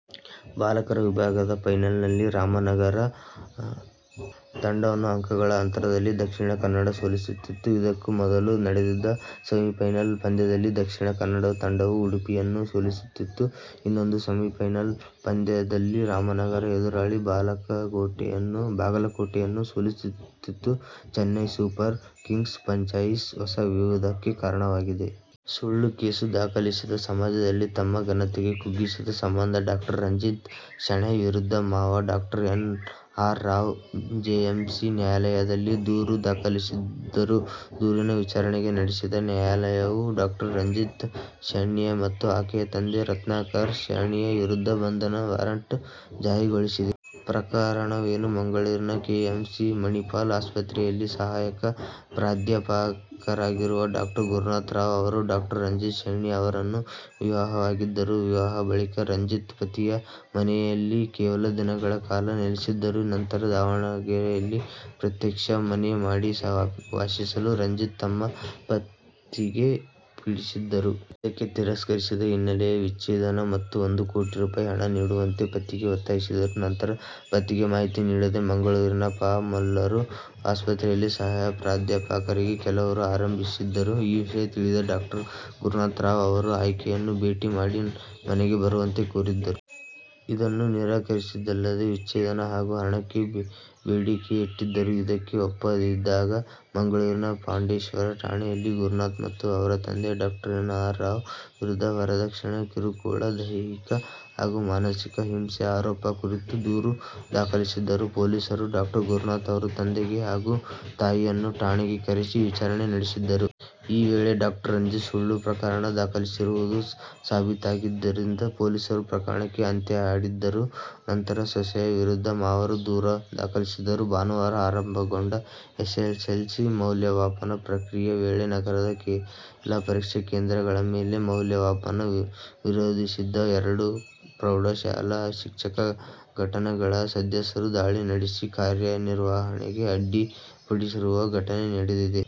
ಬಾಲಕರ ವಿಭಾಗದ ಫೈನಲ್ನಲ್ಲಿ ರಾಮನಗರ ತಂಡವನ್ನು ಅಂಕಗಳ ಅಂತರದಿಂದ ದಕ್ಷಿಣ ಕನ್ನಡ ಸೋಲಿಸಿತ್ತು. ಇದಕ್ಕೂ ಮೊದಲು ನಡೆದಿದ್ದ ಸೆಮಿಫೈನಲ್ ಪಂದ್ಯದಲ್ಲಿ ದಕ್ಷಿಣ ಕನ್ನಡ ತಂಡವು ಉಡುಪಿಯನ್ನು ಸೋಲಿಸಿತ್ತು. ಇನ್ನೊಂದು ಸೆಮಿಫೈನಲ್ ಪಂದ್ಯದಲ್ಲಿ ರಾಮನಗರ ಎದುರಾಳಿ ಬಾಗಲಕೋಟೆಯನ್ನು ಸೋಲಿಸಿತ್ತು. ಚೆನ್ನೈ ಸೂಪರ್ ಕಿಂಗ್ಸ್ ಫ್ರಾಂಚೈಸಿ ಹೊಸ ವಿವಾದಕ್ಕೆ ಕಾರಣವಾಗಿದೆ. ಸುಳ್ಳು ಕೇಸು ದಾಖಲಿಸಿ ಸಮಾಜದಲ್ಲಿ ತಮ್ಮ ಘನತೆ ಕುಗ್ಗಿಸಿದ ಸಂಬಂಧ ಡಾ. ರಂಜಿತಾ ಶೆಣೈ ವಿರುದ್ಧ ಮಾವ Dr. N. R. Rao JMFC ನ್ಯಾಯಾಲಯದಲ್ಲಿ ದೂರು ದಾಖಲಿಸಿದ್ದರು. ದೂರಿನ ವಿಚಾರಣೆ ನಡೆಸಿದ ನ್ಯಾಯಾಲಯವು ಡಾ. ರಂಜಿತಾ ಶೆಣೈ ಮತ್ತು ಆಕೆಯ ತಂದೆ ರತ್ನಾಕರ್ ಶೆಣೈ ವಿರುದ್ಧ ಬಂಧನ ವಾರಂಟ್ ಜಾರಿಗೊಳಿಸಿದೆ. ಪ್ರಕರಣವೇನು?: ಮಂಗಳೂರಿನ ಕೆ. ಎಂ. ಸಿ. ಮಣಿಪಾಲ್ ಆಸ್ಪತ್ರೆಯಲ್ಲಿ ಸಹಾಯಕ ಪ್ರಾಧ್ಯಾಪಕರಾಗಿರುವ ಡಾ. ಗುರುನಾಥ್ ರಾವ್ ಅವರು ಡಾ. ರಂಜಿತಾ ಶೆಣೈ ಅವರನ್ನು ವಿವಾಹವಾಗಿದ್ದರು. ವಿವಾಹದ ಬಳಿಕ ರಂಜಿತಾ, ಪತಿಯ ಮನೆಯಲ್ಲಿ ಕೇವಲ ದಿನಗಳ ಕಾಲ ನೆಲೆಸಿದ್ದರು. ನಂತರ ದಾವಣಗೆರೆಯಲ್ಲಿ ಪ್ರತ್ಯೇಕ ಮನೆ ಮಾಡಿ ವಾಸಿಸಲು ರಂಜಿತಾ ತಮ್ಮ ಪತಿಗೆ ಪೀಡಿಸಿದ್ದರು. ಇದಕ್ಕೆ ತಿರಸ್ಕರಿಸಿದ ಹಿನ್ನೆಲೆಯಲ್ಲಿ ವಿಚ್ಛೇದನ ಮತ್ತು ಒಂದು ಕೋಟಿ ರೂ. ಹಣ ನೀಡುವಂತೆ ಪತಿಗೆ ಒತ್ತಾಯಿಸಿದ್ದರು. ನಂತರ ಪತಿಗೆ ಮಾಹಿತಿ ನೀಡದೆ ಮಂಗಳೂರಿನ ಫಾ. ಮುಲ್ಲರ್ ಆಸ್ಪತ್ರೆಯಲ್ಲಿ ಸಹಾಯಕ ಪ್ರಾಧ್ಯಾಪಕರಾಗಿ ಕೆಲಸ ಆರಂಭಿಸಿದ್ದರು. ಈ ವಿಷಯ ತಿಳಿದ ಡಾ. ಗುರುನಾಥ್ ರಾವ್ ಅವರು ಆಕೆಯನ್ನು ಭೇಟಿ ಮಾಡಿ ಮನೆಗೆ ಬರುವಂತೆ ಕೋರಿದ್ದರು. ಇದನ್ನು ನಿರಾಕರಿಸಿದ್ದಲ್ಲದೆ ವಿಚ್ಛೇದನ ಹಾಗೂ ಹಣಕ್ಕೆ ಬೇಡಿಕೆಯಿಟ್ಟಿದ್ದರು. ಇದಕ್ಕೆ ಒಪ್ಪದಿದ್ದಾಗ ಮಂಗಳೂರಿನ ಪಾಂಡೇಶ್ವರ ಠಾಣೆಯಲ್ಲಿ ಗುರುನಾಥ್ ಮತ್ತು ಅವರ ತಂದೆ ಡಾ. ಎನ್. ಆರ್. ರಾವ್ ವಿರುದ್ಧ ವರದಕ್ಷಿಣೆ ಕಿರುಕುಳ, ದೈಹಿಕ ಹಾಗೂ ಮಾನಸಿಕ ಹಿಂಸೆ ಆರೋಪ ಕುರಿತು ದೂರು ದಾಖಲಿಸಿದ್ದರು. ಪೊಲೀಸರು ಡಾ. ಗುರುನಾಥ್, ಅವರ ತಂದೆ ಹಾಗೂ ತಾಯಿಯನ್ನು ಠಾಣೆಗೆ ಕರೆಸಿ ವಿಚಾರಣೆ ನಡೆಸಿದ್ದರು. ಈ ವೇಳೆ ಡಾ. ರಂಜಿತಾ ಸುಳ್ಳು ಪ್ರಕರಣ ದಾಖಲಿಸಿರುವುದು ಸಾಬೀತಾಗಿದ್ದರಿಂದ ಪೊಲೀಸರು ಪ್ರಕರಣಕ್ಕೆ ಅಂತ್ಯ ಹಾಡಿದ್ದರು. ನಂತರ ಸೊಸೆಯ ವಿರುದ್ಧ ಮಾವ ದೂರು ದಾಖಲಿಸಿದ್ದರು. ಭಾನುವಾರ ಆರಂಭಗೊಂಡ ಎಸ್ಸೆಸ್ಸೆಲ್ಸಿ ಮೌಲ್ಯಮಾಪನ ಪ್ರಕ್ರಿಯೆ ವೇಳೆ ನಗರದ ಕೆಲ ಪರೀಕ್ಷಾ ಕೇಂದ್ರಗಳ ಮೇಲೆ ಮೌಲ್ಯಮಾಪನ ವಿರೋಧಿಸಿದ್ದ ಎರಡು ಪ್ರೌಢಶಾಲಾ ಶಿಕ್ಷಕ ಸಂಘಟನೆಗಳ ಸದಸ್ಯರು ದಾಳಿ ನಡೆಸಿ ಕಾರ್ಯನಿರ್ವಹಣೆಗೆ ಅಡ್ಡಿ ಪಡಿಸಿರುವ ಘಟನೆ ನಡೆದಿದೆ.